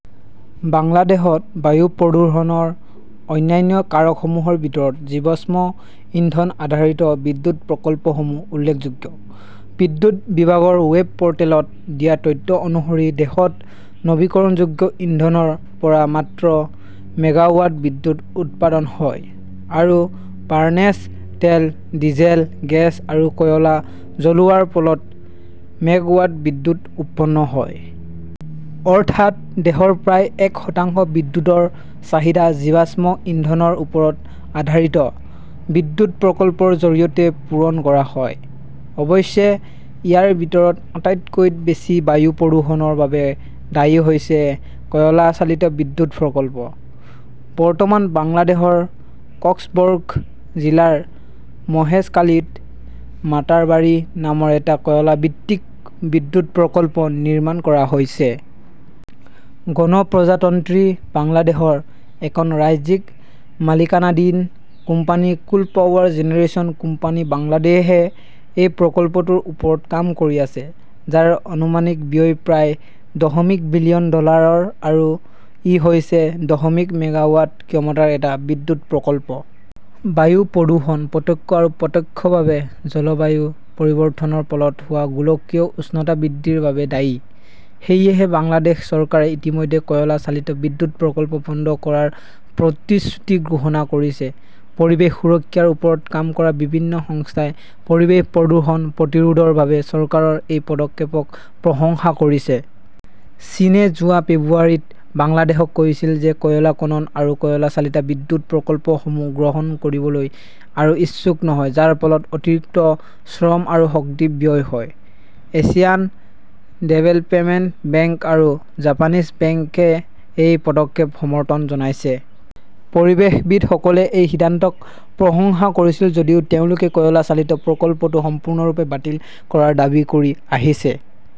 বাংলাদেশত বায়ু প্ৰদূষণৰ অন্যান্য কাৰকসমূহৰ ভিতৰত জীৱাশ্ম ইন্ধন-আধাৰিত বিদ্যুৎ প্ৰকল্পসমূহ উল্লেখযোগ্য। বিদ্যুৎ বিভাগৰ ৱেব পোৰ্টেলত দিয়া তথ্য অনুসৰি, দেশত নৱীকৰণযোগ্য ইন্ধনৰ পৰা মাত্ৰ মেগাৱাট বিদ্যুৎ উৎপাদন হয় আৰু ফাৰ্নেচ তেল, ডিজেল, গেছ আৰু কয়লা জ্বলোৱাৰ ফলত মেগাৱাট বিদ্যুৎ উৎপাদন হয়। অৰ্থাৎ, দেশৰ প্ৰায় এক শতাংশ বিদ্যুৎৰ চাহিদা জীৱাশ্ম ইন্ধনৰ ওপৰত আধাৰিত বিদ্যুৎ প্ৰকল্পৰ জৰিয়তে পূৰণ কৰা হয়। অৱশ্যে, ইয়াৰ ভিতৰত আটাইতকৈ বেছি বায়ু প্ৰদূষণৰ বাবে দায়ী হৈছে কয়লা-চালিত বিদ্যুৎ প্ৰকল্প। বৰ্তমান বাংলাদেশৰ কক্সবৰ্গ জিলাৰ মহেশখালীত মাটাৰবাৰী নামৰ এটা কয়লা ভিত্তিক বিদ্যুৎ প্ৰকল্প নিৰ্মাণ কৰা হৈছে। গণপ্ৰজাতন্ত্ৰী বাংলাদেশৰ এখন ৰাজ্যিক মালিকানাধীন company coal power generation company Bangladesh -এ এই প্ৰকল্পটোৰ ওপৰত কাম কৰি আছে, যাৰ আনুমানিক ব্যয় প্ৰায় দশমিক বিলিয়ন ডলাৰ আৰু ই হৈছে দশমিক মেগাৱাট ক্ষমতাৰ এটা বিদ্যুৎ প্ৰকল্প। বায়ু প্ৰদূষণ প্ৰত্যক্ষ আৰু প্ৰত্যক্ষভাৱে জলবায়ু পৰিৱৰ্তনৰ ফলত হোৱা গোলকীয় উষ্ণতা বৃদ্ধিৰ বাবে দায়ী। সেয়েহে বাংলাদেশ চৰকাৰে ইতিমধ্যে কয়লা চালিত বিদ্যুৎ প্ৰকল্প বন্ধ কৰাৰ প্ৰতিশ্ৰুতি ঘোষণা কৰিছে। পৰিৱেশ সুৰক্ষাৰ ওপৰত কাম কৰা বিভিন্ন সংস্থাই পৰিৱেশ প্ৰদূষণ প্ৰতিৰোধৰ বাবে চৰকাৰৰ এই পদক্ষেপক প্ৰশংসা কৰিছে। চীনে যোৱা ফেব্ৰুৱাৰীত বাংলাদেশক কৈছিল যে কয়লা খনন আৰু কয়লা-চালিত বিদ্যুৎ প্ৰকল্পসমূহ গ্ৰহণ কৰিবলৈ আৰু ইচ্ছুক নহয়, যাৰ ফলত অতিৰিক্ত শ্ৰম আৰু শক্তি ব্যয় হয়। এছিয়ান ডেভেলপমেণ্ট বেংক আৰু জাপানীজ বেংকে এই পদক্ষেপক সমৰ্থন জনাইছে। পৰিৱেশবিদসকলে এই সিদ্ধান্তক প্ৰশংসা কৰিছিল যদিও তেওঁলোকে কয়লা-চালিত প্ৰকল্পটো সম্পূৰ্ণৰূপে বাতিল কৰাৰ দাবী কৰি আহিছে।